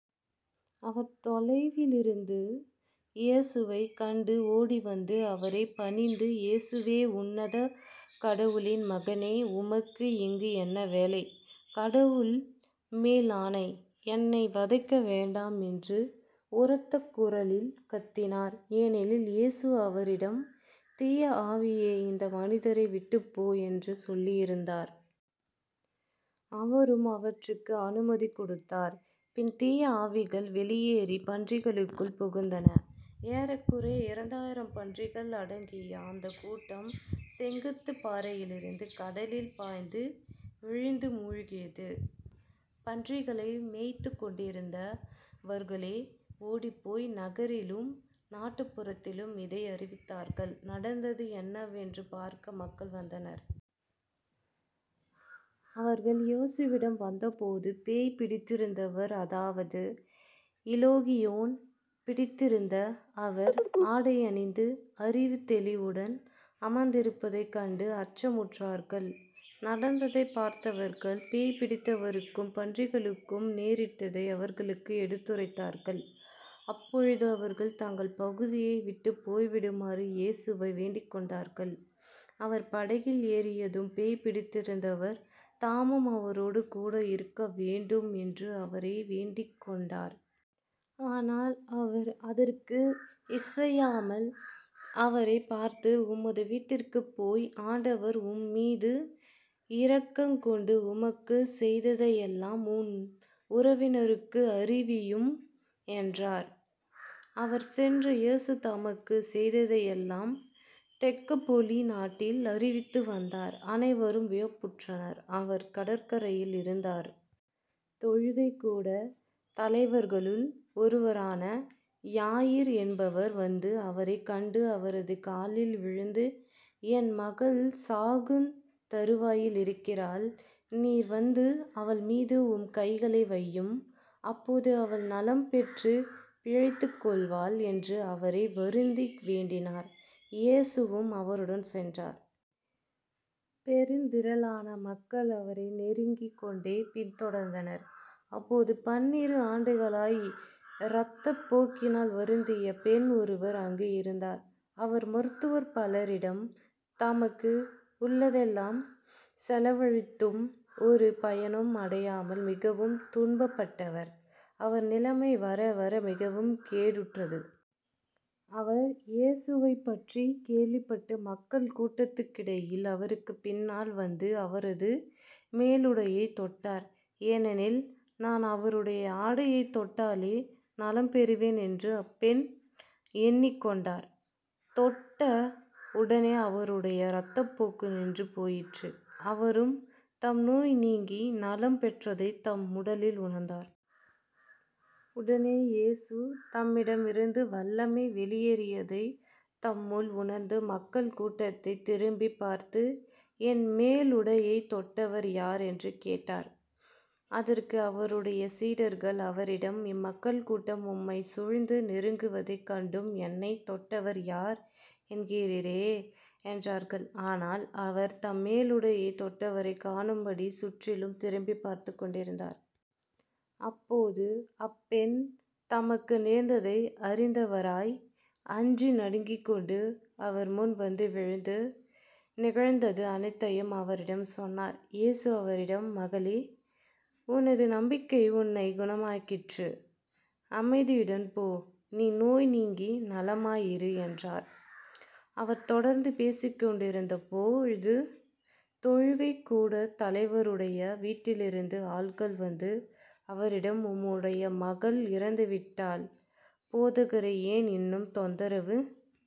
அவர் தொலையிலிருந்து இயேசுவைக் கண்டு ஓடிவந்து அவரைப் பணிந்து இயேசுவே உன்னத கடவுளின் மகனே உமக்கு இங்கு என்ன வேலை? கடவுள் மேல் ஆணை. என்னை வதைக்க வேண்டாம் என்று உரத்த குருலில் கத்தினார். ஏனெனில் இயேசு அவரிடம் தீய ஆவியே இந்த மனிதரை விட்டுப் போ என்று சொல்லியிருந்தார். அவரும் அவற்றுக்கு அனுமதி கொடுத்தார். பின் தீய ஆவிகள் வெளியேறிப் பன்றிகளுக்குள் புகுந்தன. ஏறக்குறைய இரண்டாயிரம் பன்றிகள் அடங்கிய அந்தக் கூட்டம் செங்குத்துப் பாறையிலிருந்து கடலில் பாய்ந்து வீழ்ந்து மூழ்கியது. பன்றிகளை மேய்த்துக்கொண்டிருந்தவர்களோ ஓடிப்போய் நகரிலும் நாட்டுப்புறத்திலும் இதை அறிவித்தார்கள். நடந்தது என்னவென்று பார்க்க மக்கள் வந்தனர். அவர்கள் இயேசுவிடம் வந்தபோது பேய் பிடித்திருந்தவர் அதாவது இலேகியோன் பிடித்திருந்த அவர் ஆடையணிந்து அறிவுத் தெளிவுடன் அமர்ந்திருப்பதைக் கண்டு அச்சமுற்றார்கள். நடந்ததைப் பார்த்தவர்கள் பேய் பிடித்தவருக்கும் பன்றிகளுக்கும் நேரிட்டதை அவர்களுக்கு எடுத்துரைத்தார்கள். அப்பொழுது அவர்கள் தங்கள் பகுதியை விட்டுப் போய்விடுமாறு இயேசுவை வேண்டிக்கொண்டார்கள். அவர் படகில் ஏறியதும் பேய் பிடித்திருந்தவர் தாமும் அவரோடு கூட இருக்க வேண்டும் என்று அவரை வேண்டிக்கொண்டார். ஆனால் அவர் அதற்கு இசையாமல், அவரைப் பார்த்து உமது வீட்டிற்குப் போய் ஆண்டவர் உம்மீது இரக்கங் கொண்டு உமக்குச் செய்ததையெல்லாம் உம் உறவினருக்கு அறிவியும் என்றார். அவர் சென்று இயேசு தமக்குச் செய்ததையெல்லாம் தெக்கப்பொலி நாட்டில் அறிவித்து வந்தார். அனைவரும் வியப்புற்றனர். அவர் கடற்கரையில் இருந்தார். தொழுகைக் கூடத் தலைவர்களுள் ஒருவரான யாயிர் என்பவர் வந்து அவரைக் கண்டு அவரது காலில் விழுந்து என் மகள் சாகுந்தறுவாயில் இருக்கிறாள். நீர் வந்து அவள்மீது உம் கைகளை வையும். அப்போது அவள் நலம் பெற்றுப் பிழைத்துக்கொள்வாள் என்று அவரை வருந்தி வேண்டினார். இயேசுவும் அவருடன் சென்றார். பெருந்திரளான மக்கள் அவரை நெருக்கிக் கொண்டே பின்தொடர்ந்தனர். அப்போது பன்னிரு ஆண்டுகளாய் இரத்தப் போக்கினால் வருந்திய பெண் ஒருவர் அங்கு இருந்தார். அவர் மருத்துவர் பலரிடம் தமக்கு உள்ளதெல்லாம் செலவழித்தும் ஒரு பயனும் அடையாமல் மிகவும் துன்பப்பட்டவர். அவர் நிலைமை வர வர மிகவும் கேடுற்றது. அவர் இயேசுவைப்பற்றிக் கேள்விப்பட்டு மக்கள் கூட்டத்துக்கிடையில் அவருக்குப் பின்னால் வந்து அவரது மேலுடையைத் தொட்டார். ஏனெனில் நான் அவருடைய ஆடையைத் தொட்டாலே நலம் பெறுவேன் என்று அப்பெண் எண்ணிக் கொண்டார். தொட்ட உடனே அவருடைய இரத்தப் போக்கு நின்று போயிற்று. அவரும் தம் நோய் நீங்கி நலம் பெற்றதைத் தம் உடலில் உணர்ந்தார். உடனே இயேசு தம்மிடமிருந்து வல்லமை வெளியேறியதைத் தம்முள் உணர்ந்து மக்கள் கூட்டத்தைத் திரும்பிப் பார்த்து,"என் மேலுடையைத் தொட்டவர் யார்? என்று கேட்டார். அதற்கு அவருடைய சீடர்கள் அவரிடம் இம்மக்கள் கூட்டம் உம்மைச் சூழ்ந்து நெருக்குவதைக் கண்டும் என்னைத் தொட்டவர் யார்? " என்கிறீரே. என்றார்கள். ஆனால் அவர் தம் மேலுடையைத் தொட்டவரைக் காணும்படி சுற்றிலும் திரும்பிப் பார்த்துக் கொண்டிருந்தார். அப்போது அப்பெண் தமக்கு நேர்ந்ததை அறிந்தவராய், அஞ்சி நடுங்கிக்கொண்டு, அவர்முன் வந்து விழுந்து, நிகழ்ந்தது அனைத்தையும் அவரிடம் சொன்னார். இயேசு அவரிடம் மகளே உனது நம்பிக்கை உன்னைக் குணமாக்கிற்று. அமைதியுடன் போ. நீ நோய் நீங்கி நலமாயிரு என்றார். அவர் தொடர்ந்து பேசிக்கொண்டிருந்தபோது, தொழுகைக் கூடத் தலைவருடைய வீட்டிலிருந்து ஆள்கள் வந்து, அவரிடம் உம்முடைய மகள் இறந்துவிட்டாள். போதகரை ஏன் இன்னும் தொந்தரவு